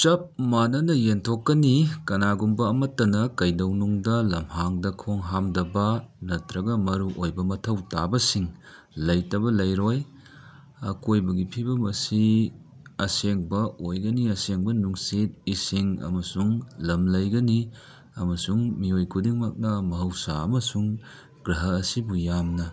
ꯆꯞ ꯃꯥꯟꯅꯅ ꯌꯦꯟꯊꯣꯛꯀꯅꯤ ꯀꯅꯥꯒꯨꯝꯕ ꯑꯃꯠꯇꯅ ꯀꯩꯗꯧꯅꯨꯡꯗ ꯂꯝꯍꯥꯡꯗ ꯈꯣꯡꯍꯥꯝꯗꯕ ꯅꯠꯇ꯭ꯔꯒ ꯃꯔꯨꯑꯣꯏꯕ ꯃꯊꯧ ꯇꯥꯕꯁꯤꯡ ꯂꯩꯇꯕ ꯂꯩꯔꯣꯏ꯫ ꯑꯀꯣꯢꯕꯒꯤ ꯐꯤꯕꯝ ꯑꯁꯤ ꯑꯁꯦꯡꯕ ꯑꯣꯏꯒꯅꯤ ꯑꯁꯦꯡꯕ ꯅꯨꯡꯁꯤꯠ, ꯏꯁꯤꯡ ꯑꯃꯁꯨꯡ ꯂꯝ ꯂꯩꯒꯅꯤ ꯑꯃꯁꯨꯡ ꯃꯤꯑꯣꯏ ꯈꯨꯗꯤꯡꯃꯛꯅ ꯃꯍꯧꯁꯥ ꯑꯃꯁꯨꯡ ꯒ꯭ꯔꯍ ꯑꯁꯤꯕꯨ ꯌꯥꯝꯅ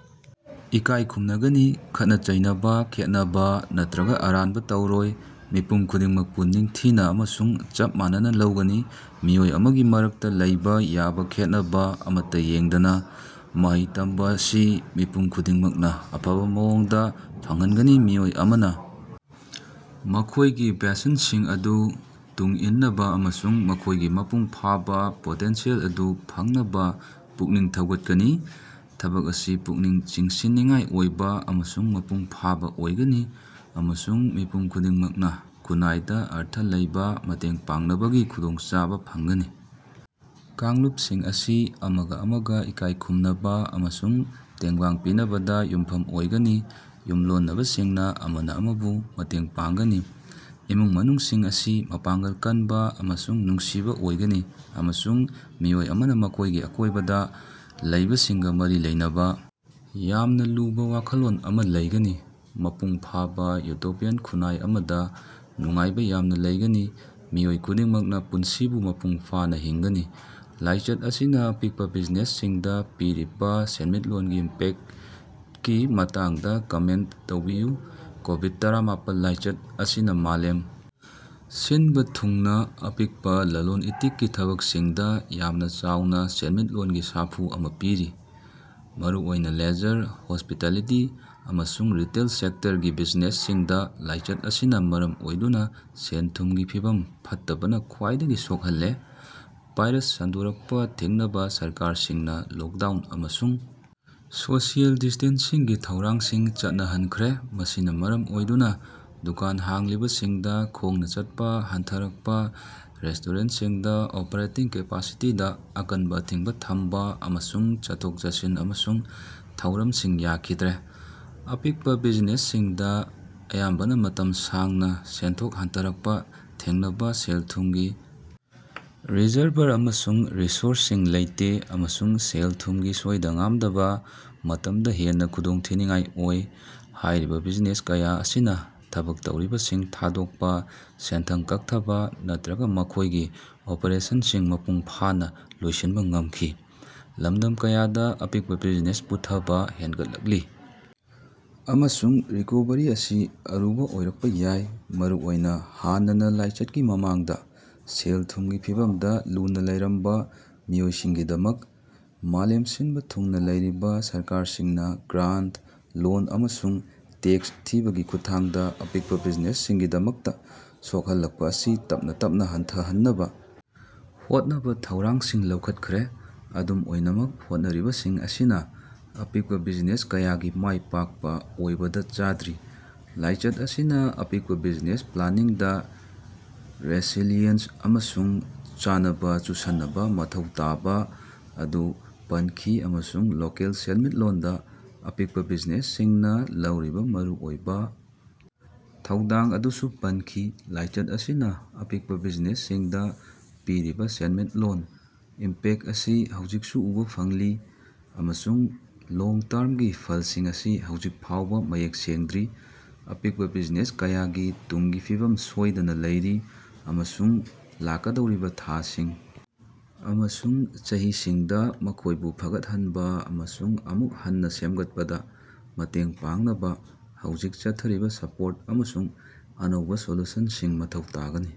ꯏꯀꯥꯢ ꯈꯨꯝꯅꯒꯅꯤ꯫ ꯈꯠꯅ ꯆꯩꯅꯕ, ꯈꯦꯟꯅꯕꯥ ꯅꯠꯇ꯭ꯔꯒ ꯑꯔꯥꯟꯕ ꯇꯧꯔꯣꯏ꯫ ꯃꯤꯄꯨꯝ ꯈꯨꯗꯤꯡꯃꯛꯄꯨ ꯅꯤꯡꯊꯤꯅ ꯑꯃꯁꯨꯡ ꯆꯞ ꯃꯥꯟꯅꯅ ꯂꯧꯒꯅꯤ ꯃꯤꯑꯣꯏ ꯑꯃꯒꯤ ꯃꯔꯛꯇ ꯂꯩꯕꯥ ꯌꯥꯕ ꯈꯦꯠꯅꯕ ꯑꯃꯠꯇ ꯌꯦꯡꯗꯅ꯫ ꯃꯍꯩ ꯇꯝꯕ ꯑꯁꯤ ꯃꯤꯄꯨꯝ ꯈꯨꯗꯤꯡꯃꯛꯅ ꯑꯐꯕ ꯃꯑꯣꯡꯗ ꯐꯪꯍꯟꯒꯅꯤ ꯃꯤꯑꯣꯏ ꯑꯃꯅ ꯃꯈꯣꯢꯒꯤ ꯄ꯭ꯌꯥꯁꯟꯁꯤꯡ ꯑꯗꯨ ꯇꯨꯡ ꯏꯟꯅꯕ ꯑꯃꯁꯨꯡ ꯃꯈꯣꯢꯒꯤ ꯃꯄꯨꯡ ꯐꯥꯕ ꯄꯣꯇꯦꯟꯁꯤꯌꯦꯜ ꯑꯗꯨ ꯐꯪꯅꯕ ꯄꯨꯛꯅꯤꯡ ꯊꯧꯒꯠꯀꯅꯤ꯫ ꯊꯕꯛ ꯑꯁꯤ ꯄꯨꯛꯅꯤꯡ ꯆꯤꯡꯁꯤꯟꯅꯤꯡꯉꯥꯏ ꯑꯣꯏꯕ ꯑꯃꯁꯨꯡ ꯃꯄꯨꯡ ꯐꯥꯕ ꯑꯣꯏꯒꯅꯤ ꯑꯃꯁꯨꯡ ꯃꯤꯄꯨꯝ ꯈꯨꯗꯤꯡꯃꯛꯅ ꯈꯨꯟꯅꯥꯏꯗ ꯑꯔꯊ ꯂꯩꯕꯥ ꯃꯇꯦꯡ ꯄꯥꯡꯅꯕꯒꯤ ꯈꯨꯗꯣꯡꯆꯥꯕ ꯐꯪꯒꯅꯤ꯫ ꯀꯥꯡꯂꯨꯞꯁꯤꯡ ꯑꯁꯤ ꯑꯃꯒ ꯑꯃꯒ ꯏꯀꯥꯏ ꯈꯨꯝꯅꯕ ꯑꯃꯁꯨꯡ ꯇꯦꯡꯕꯥꯡ ꯄꯤꯅꯕꯗ ꯌꯨꯝꯐꯝ ꯑꯣꯏꯒꯅꯤ ꯌꯨꯝꯂꯣꯟꯅꯕꯁꯤꯡꯅ ꯑꯃꯅ ꯑꯃꯕꯨ ꯃꯇꯦꯡ ꯄꯥꯡꯒꯅꯤ ꯫ ꯏꯃꯨꯡ ꯃꯅꯨꯡꯁꯤꯡ ꯑꯁꯤ ꯃꯄꯥꯡꯒꯜ ꯀꯟꯕ ꯑꯃꯁꯨꯡ ꯅꯨꯡꯁꯤꯕ ꯑꯣꯏꯒꯅꯤ ꯑꯃꯁꯨꯡ ꯃꯤꯑꯣꯏ ꯑꯃꯅ ꯃꯈꯣꯢꯒꯤ ꯑꯀꯣꯢꯕꯗ ꯂꯩꯕꯁꯤꯡꯒ ꯃꯔꯤ ꯂꯩꯅꯕ ꯌꯥꯝꯅ ꯂꯨꯕ ꯋꯥꯈꯜꯂꯣꯟ ꯑꯃ ꯂꯩꯒꯅꯤ꯫ ꯃꯄꯨꯡ ꯐꯥꯕ ꯏꯎꯇꯣꯄꯤꯌꯥꯟ ꯈꯨꯟꯅꯥꯏ ꯑꯃꯗ ꯅꯨꯡꯉꯥꯏꯕ ꯌꯥꯝꯅꯥ ꯂꯩꯒꯅꯤ ꯃꯤꯑꯣꯏ ꯈꯨꯗꯤꯡꯃꯛꯅ ꯄꯨꯟꯁꯤꯕꯨ ꯃꯄꯨꯡ ꯐꯥꯅ ꯍꯤꯡꯒꯅꯤ꯫ ꯂꯥꯏꯆꯠ ꯑꯁꯤꯅ ꯑꯄꯤꯛꯄ ꯕꯤꯖꯤꯅꯦꯁꯁꯤꯡꯗ ꯄꯤꯔꯤꯕ ꯁꯦꯟꯃꯤꯠꯂꯣꯟꯒꯤ ꯏꯝꯄꯦꯛꯇꯀꯤ ꯃꯇꯥꯡꯗ ꯀꯃꯦꯟꯇ ꯇꯧꯕꯤꯌꯨ꯫ ꯀꯣꯕꯤꯗ-ꯇꯔꯥꯃꯥꯄꯜ ꯂꯥꯏꯆꯠ ꯑꯁꯤꯅ ꯃꯥꯂꯦꯝ ꯁꯤꯟꯕ ꯊꯨꯡꯅ ꯑꯄꯤꯛꯄ ꯂꯂꯣꯟ-ꯏꯇꯤꯛꯀꯤ ꯊꯕꯛꯁꯤꯡꯗ ꯌꯥꯝꯅ ꯆꯥꯎꯅ ꯁꯦꯟꯃꯤꯠꯂꯣꯟꯒꯤ ꯁꯥꯐꯨ ꯑꯃ ꯄꯤꯔꯤ꯫ ꯃꯔꯨꯑꯣꯏꯅ ꯂꯦꯖꯔ, ꯍꯣꯁ꯭ꯄꯤꯇꯥꯂꯤꯇꯤ ꯑꯃꯁꯨꯡ ꯔꯤꯇꯦꯜ ꯁꯦꯛꯇꯔꯒꯤ ꯕꯤꯖꯤꯅꯦꯁꯁꯤꯡꯗ ꯂꯥꯏꯆꯠ ꯑꯁꯤꯅ ꯃꯔꯝ ꯑꯣꯏꯗꯨꯅ ꯁꯦꯟ-ꯊꯨꯝꯒꯤ ꯐꯤꯕꯝ ꯐꯠꯇꯕꯅ ꯈ꯭ꯋꯥꯏꯗꯒꯤ ꯁꯣꯛꯍꯜꯂꯦ꯫ ꯚꯥꯏꯔꯁ ꯁꯟꯗꯣꯔꯛꯄ ꯊꯤꯡꯅꯕ ꯁꯔꯀꯥꯔꯁꯤꯡꯅ ꯂꯣꯛꯗꯥꯎꯟ ꯑꯃꯁꯨꯡ ꯁꯣꯁꯤꯑꯦꯜ ꯗꯤꯁꯇꯦꯟꯁꯤꯡꯒꯤ ꯊꯧꯔꯥꯡꯁꯤꯡ ꯆꯠꯅꯍꯟꯈ꯭ꯔꯦ ꯃꯁꯤꯅ ꯃꯔꯝ ꯑꯣꯏꯗꯨꯅ ꯗꯨꯀꯥꯟ ꯍꯥꯡꯂꯤꯕꯁꯤꯡꯗ ꯈꯣꯡꯅ ꯆꯠꯄ ꯍꯟꯊꯔꯛꯄ ꯔꯦꯁꯇꯣꯔꯦꯟꯇꯁꯤꯡꯗ ꯑꯣꯄꯔꯦꯇꯤꯡ ꯀꯦꯄꯥꯁꯤꯇꯤꯗꯥ ꯑꯀꯟꯕ ꯑꯊꯤꯡꯕ ꯊꯝꯕ ꯑꯃꯁꯨꯡ ꯆꯠꯊꯣꯛ-ꯆꯠꯁꯤꯟ ꯑꯃꯁꯨꯡ ꯊꯧꯔꯝꯁꯤꯡ ꯌꯥꯈꯤꯗ꯭ꯔꯦ ꯫ ꯑꯄꯤꯛꯄ ꯕꯤꯖꯤꯅꯦꯁꯁꯤꯡꯗ ꯑꯌꯥꯝꯕꯅ ꯃꯇꯝ ꯁꯥꯡꯅ ꯁꯦꯟꯊꯣꯛ ꯍꯟꯊꯔꯛꯄ ꯊꯦꯡꯅꯕ ꯁꯦꯜ-ꯊꯨꯝꯒꯤ ꯔꯤꯖꯔꯚꯔ ꯑꯃꯁꯨꯡ ꯔꯤꯁꯣꯔꯁꯁꯤꯡ ꯂꯩꯇꯦ ꯑꯃꯁꯨꯡ ꯁꯦꯜ-ꯊꯨꯝꯒꯤ ꯁꯣꯏꯗ-ꯉꯥꯝꯗꯕ ꯃꯇꯝꯗ ꯍꯦꯟꯅ ꯈꯨꯗꯣꯡꯊꯤꯅꯤꯡꯉꯥꯏ ꯑꯣꯏ꯫ ꯍꯥꯢꯔꯤꯕꯥ ꯕꯤꯖꯤꯅꯦꯁ ꯀꯌꯥ ꯑꯁꯤꯅ ꯊꯕꯛ ꯇꯧꯔꯤꯕꯁꯤꯡ ꯊꯥꯗꯣꯛꯄ, ꯁꯦꯟꯊꯪ ꯀꯛꯊꯕ ꯅꯠꯇ꯭ꯔꯒꯥ ꯃꯈꯣꯢꯒꯤ ꯑꯣꯄꯔꯦꯁꯟꯁꯤꯡ ꯃꯄꯨꯡ ꯐꯥꯅ ꯂꯣꯏꯁꯤꯟꯕ ꯉꯝꯈꯤ꯫ ꯂꯝꯗꯝ ꯀꯌꯥꯗ ꯑꯄꯤꯛꯄ ꯕꯤꯖꯤꯅꯦꯁ ꯄꯨꯊꯕ ꯍꯦꯟꯒꯠꯂꯛꯂꯤ ꯑꯃꯁꯨꯡ ꯔꯤꯀꯣꯚꯔꯤ ꯑꯁꯤ ꯑꯔꯨꯕꯥ ꯑꯣꯏꯔꯛꯄ ꯌꯥꯏ ꯃꯔꯨꯑꯣꯏꯅ ꯍꯥꯟꯅꯅꯥ ꯂꯥꯏꯆꯠꯀꯤ ꯃꯃꯥꯡꯗ ꯁꯦꯜ-ꯊꯨꯝꯒꯤ ꯐꯤꯚꯝꯗ ꯂꯨꯅ ꯂꯩꯔꯝꯕ ꯃꯤꯑꯣꯏꯁꯤꯡꯒꯤꯗꯃꯛ꯫ ꯃꯥꯂꯦꯝ ꯁꯤꯟꯕ ꯊꯨꯡꯅ ꯂꯩꯔꯤꯕ ꯁꯔꯀꯥꯔꯁꯤꯡꯅ ꯒ꯭ꯔꯥꯟꯇ, ꯂꯣꯟ ꯑꯃꯁꯨꯡ ꯇꯦꯛꯁ ꯊꯤꯕꯒꯤ ꯈꯨꯠꯊꯥꯡꯗ ꯑꯄꯤꯛꯄ ꯕꯤꯖꯤꯅꯦꯁꯁꯤꯡꯒꯤꯗꯃꯛꯇ ꯁꯣꯛꯍꯜꯂꯛꯄ ꯑꯁꯤ ꯇꯞꯅ ꯇꯞꯅ ꯍꯟꯊꯍꯟꯅꯕ ꯍꯣꯠꯅꯕ ꯊꯧꯔꯥꯡꯁꯤꯡ ꯂꯧꯈꯠꯈ꯭ꯔꯦ꯫ ꯑꯗꯨꯝ ꯑꯣꯏꯅꯃꯛ ꯍꯣꯠꯅꯔꯤꯕꯁꯤꯡ ꯑꯁꯤꯅ ꯑꯄꯤꯛꯄ ꯕꯤꯖꯤꯅꯦꯁ ꯀꯌꯥꯒꯤ ꯃꯥꯏꯄꯥꯛꯄ ꯑꯣꯏꯕꯗ ꯆꯥꯗ꯭ꯔꯤ꯫ ꯂꯥꯏꯆꯠ ꯑꯁꯤꯅ ꯑꯄꯤꯛꯄ ꯕꯤꯖꯤꯅꯦꯁ ꯄ꯭ꯂꯥꯅꯤꯡꯗ ꯔꯦꯁꯤꯂꯤꯌꯦꯟꯁ ꯑꯃꯁꯨꯡ ꯆꯥꯅꯕ ꯆꯨꯁꯟꯅꯕ ꯃꯊꯧ ꯇꯥꯕ ꯑꯗꯨ ꯄꯟꯈꯤ ꯑꯃꯁꯨꯡ ꯂꯣꯀꯦꯜ ꯁꯦꯟꯃꯤꯠꯂꯣꯟꯗ ꯑꯄꯤꯛꯄ ꯕꯤꯖꯤꯅꯦꯁꯁꯤꯡꯅ ꯂꯧꯔꯤꯕ ꯃꯔꯨꯑꯣꯏꯕꯥ ꯊꯧꯗꯥꯡ ꯑꯗꯨꯁꯨ ꯄꯟꯈꯤ꯫ ꯂꯥꯏꯆꯠ ꯑꯁꯤꯅ ꯑꯄꯤꯛꯄ ꯕꯤꯖꯤꯅꯦꯁꯁꯤꯡꯗ ꯄꯤꯔꯤꯕ ꯁꯦꯟꯃꯤꯠꯂꯣꯟꯗ ꯏꯝꯄꯦꯛꯇ ꯑꯁꯤ ꯍꯧꯖꯤꯛꯁꯨ ꯎꯕꯥ ꯐꯪꯂꯤ ꯑꯃꯁꯨꯡ ꯂꯣꯡ ꯇꯔ꯭ꯃꯒꯤ ꯐꯜꯁꯤꯡ ꯑꯁꯤ ꯍꯧꯖꯤꯛ ꯐꯥꯎꯕ ꯃꯌꯦꯛ ꯁꯦꯡꯗ꯭ꯔꯤ꯫ ꯑꯄꯤꯛꯄ ꯕꯤꯖꯤꯅꯦꯁ ꯀꯌꯥꯒꯤ ꯇꯨꯡꯒꯤ ꯐꯤꯕꯝ ꯁꯣꯏꯗꯅꯥ ꯂꯩꯔꯤ ꯑꯃꯁꯨꯡ ꯂꯥꯛꯀꯗꯧꯔꯤꯕꯥ ꯊꯥꯁꯤꯡ ꯑꯃꯁꯨꯡ ꯆꯍꯤꯁꯤꯡꯗꯥ ꯃꯈꯣꯢꯕꯨ ꯐꯒꯠꯍꯟꯕ ꯑꯃꯁꯨꯡ ꯑꯃꯨꯛ ꯍꯟꯅ ꯁꯦꯝꯒꯠꯄꯗ ꯃꯇꯦꯡ ꯄꯥꯡꯅꯕ ꯍꯧꯖꯤꯛ ꯆꯠꯊꯔꯤꯕ ꯁꯄꯣꯔꯠ ꯑꯃꯁꯨꯡ ꯑꯅꯧꯕꯥ ꯁꯣꯂꯨꯁꯟꯁꯤꯡ ꯃꯊꯧ ꯇꯥꯒꯅꯤ꯫